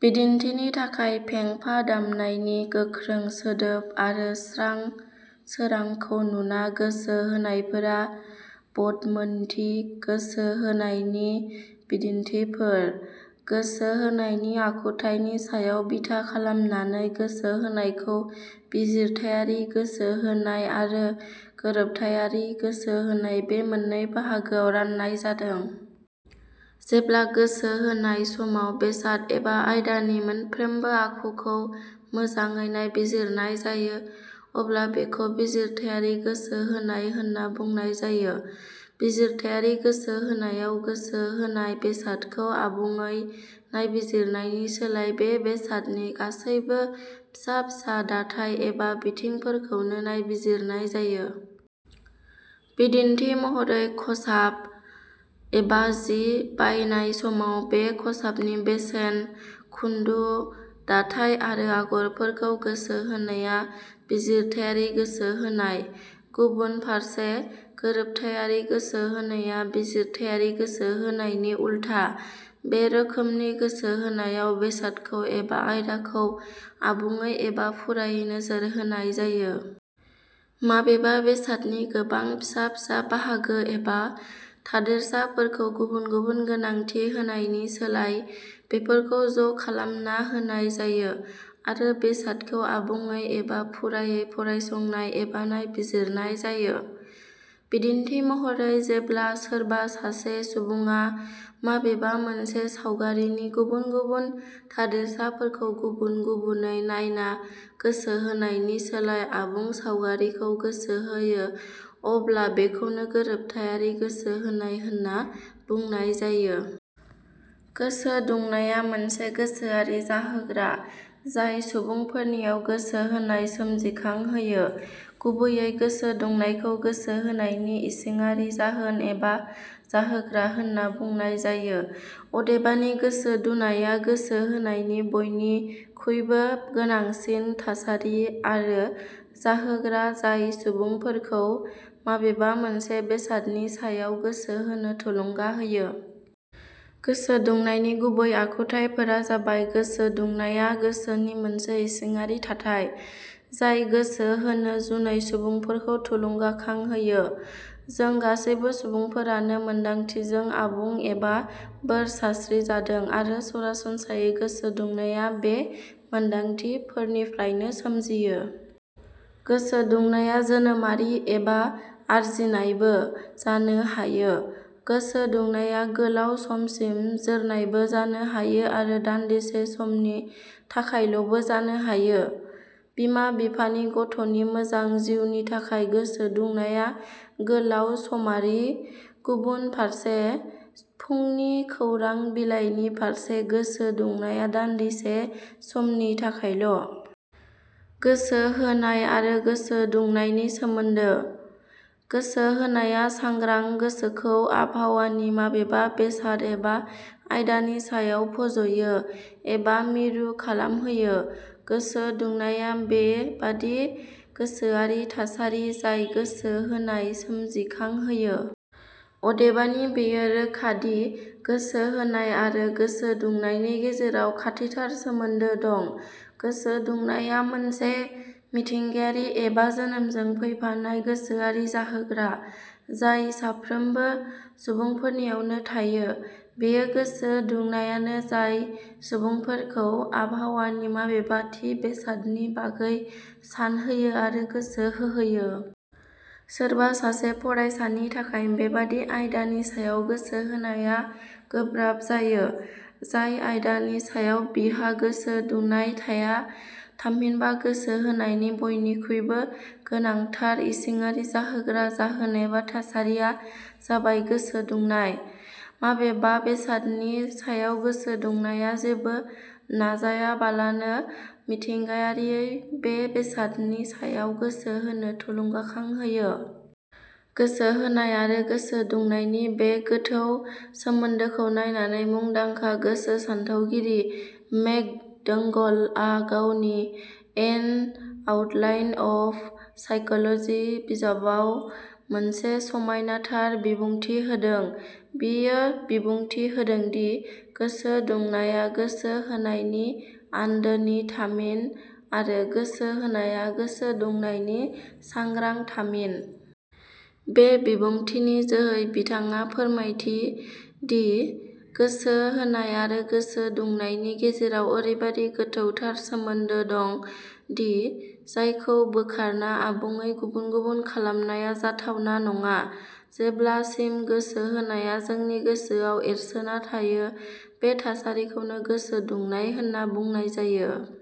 बिदिन्थिनि थाखाय, फेंफा दामनायनि गोख्रों सोदोब आरो स्रां सोरांखौ नुना गोसो होनायफोरा बदमोनथि गोसो होनायनि बिदिन्थिफोर।: गोसो होनायनि आखुथाइनि सायाव बिथा खालामनानै गोसो होनायखौ बिजिरथाइयारि गोसोहोनाय आरो गोरोबथाइयारि गोसो होनाय बे मोननै बाहागोआव राननाय जादों। जेब्ला गोसो होनाय समाव बेसाद एबा आयदानि मोनफ्रोमबो आखुखौ मोजांयै नायबिजिरनाय जायो अब्ला बेखौ बिजिरथाइयारि गोसो होनाय होनना बुंनाय जायो। बिजिरथाइयारि गोसो होनायाव, गोसो होनाय बेसादखौ आबुंयै नायबिजिरनायनि सोलाय बे बेसादनि गासैबो फिसा फिसा दाथाइ एबा बिथिंफोरखौनो नायबिजिरनाय जायो। बिदिन्थि महरै, खसाब एबा जि बायनाय समाव बे खसाबनि बेसेन, खुन्दु, दाथाइ आरो आगरफोरखौ गोसो होनाया बिजिरथाइयारि गोसो होनाय। गुबुन फारसे गोरोबथाइयारि गोसो होनाया बिजिरथाइयारि गोसो होनायनि उल्था। बे रोखोमनि गोसो होनायाव बेसादखौ एबा आयदाखौ आबुंयै एबा फुरायै नोजोर होनाय जायो। माबेबा बेसादनि गोबां फिसा फिसा बाहागो एबा थादेरसाफोरखौ गुबुन गुबुन गोनांथि होनायनि सोलाय, बेफोरखौ ज' खालामना होनाय जायो आरो बेसादखौ आबुंयै एबा फुरायै फरायसंनाय एबा नायबिजिरनाय जायो। बिदिन्थि महरै जेब्ला सोरबा सासे सुबुंआ माबेबा मोनसे सावगारिनि गुबुन गुबुन थादेरसाफोरखौ गुबुन गुबुनै नायना गोसो होनायनि सोलाय आबुं सावगारिखौ गोसो होयो अब्ला बेखौनो गोरोबथाइयारि गोसो होनाय होनना बुंनाय जायो।: गोसो दुंनाया मोनसे गोसोआरि जाहोग्रा जाय सुबुंफोरनियाव गोसो होनाय सोमजिखां होयो। गुबैयै गोसो दुंनायखौ गोसो होनायनि इसिंआरि जाहोन एबा जाहोग्रा होनना बुंनाय जायो। अबेदानि गोसो दुनाया गोसो होनायनि बयनिखुइबो गोनांसिन थासारि आरो जाहोग्रा जाय सुबुंफोरखौ माबेबा मोनसे बेसादनि सायाव गोसो होनो थुलुंगा होयो। गोसो दुंनायनि गुबै आखुथाइफोरा जाबाय:. गोसो दुनाया गोसोनि मोनसे इसिङारि थाथाइ, जाय गोसो होनो जुनै सुबुंफोरखौ थुलुंगाखां होयो।. जों गासैबो सुबुंफोरानो मोन दांथिजों आबुं एबा बोर सारस्रि जादों, आरो सरासनम्रायै गोसो दुनाया बे मोनदांथि फोरनिफ्रायनो सोमजियो।. गोसो दुंनाया जोनोमआरि एबा आरजिनायबो जानो हायो।. गोसो दुंनाया गोलाउ समसिम जोरनायबो जानो हायो आरो दान्दिसे समनि थाखायल 'बो जानो हायो। बिमा-बिफानि गथ'नि मोजां जिउनि थाखाय गोसो दुनाया गोलाउ समारि। गुबुन फारसे फुंनि खौरां-बिलाइनि फारसे गोसो दुनाया दान्दिसे समनि थाखाय ल'।: गोसो होनाय आरो गोसो दुंनायनि सोमोन्दो: गोसो होनाया सांग्रां गोसोखौ आबहावानि माबेबा बेसाद एबा आयदानि सायाव फज'यो एबा मिरु खालामहोयो। गोसो दुनाया बे बादि गोसोआरि थासारि जाय गोसो होनाय सोमजिखां होयो। अदेबानि बेयो रोखा दि गोसो होनाय आरो गोसो दुंनायनि गेजेराव खाथिथार सोमोन्दो दं। गोसो दुनाया मोनसे मिथिंगायारि एबा जोनोमजों फैफानाय गोसोआरि जाहोग्रा जाय साफ्रोमबो सुबुंफोरनियावनो थायो। बेयो गोसो दुनायानो जाय सुबुंफोरखौ आबहावानि माबेबा थि बेसादनि बागै सानहोयो आरो गोसो होहोयो। सोरबा सासे फरायसानि थाखाय बेबादि आयदानि सायाव गोसो होनाया गोब्राब जायो जाय आयदानि सायाव बिहा गोसो दुनाय थाया। थामहिनबा गोसो होनायनि बयनिखुइबो गोनांथार इसिङारि जाहोग्रा जाहोन एबा थासारिया जाबाय गोसो दुनाय। माबेबा बेसादनि सायाव गोसो दुंनाया जेबो नाजायाबालानो मिथिंगायारियै बे बेसादनि सायाव गोसो होनो थुलुंगाखां होयो। गोसो होनाय आरो गोसो दुंनायनि बे गोथौ सोमोन्दोखौ नायनानै मुंदांखा गोसो सान्थौगिरि मेक. डोंगल आ गावनि "एन आउटलाइन अफ साइकोलजि" बिजाबाव मोनसे समायनाथार बिबुंथि होदों। बियो बिबुंथि होदों दि, "गोसो दुंनाया गोसो होनायनि आन्दोनि थामिन आरो गोसो होनाया गोसो दुंनायनि सांग्रां थामिन"। बे बिबुंथिनि जोहै बिथांआ फोरमायथि दि गोसो होनाय आरो गोसो दुंनायनि गेजेराव औरैबादि गोथौथार सोमोन्दो दं दि जायखौ बोखारना आबुंयै गुबुन गुबुन खालामनाया जाथावना नङा। जेब्ला सिम गोसो होनाया जोंनि गोसोआव एरसोना थायो, बे थासारिखौनो गोसो दुंनाय होनना बुंनाय जायो।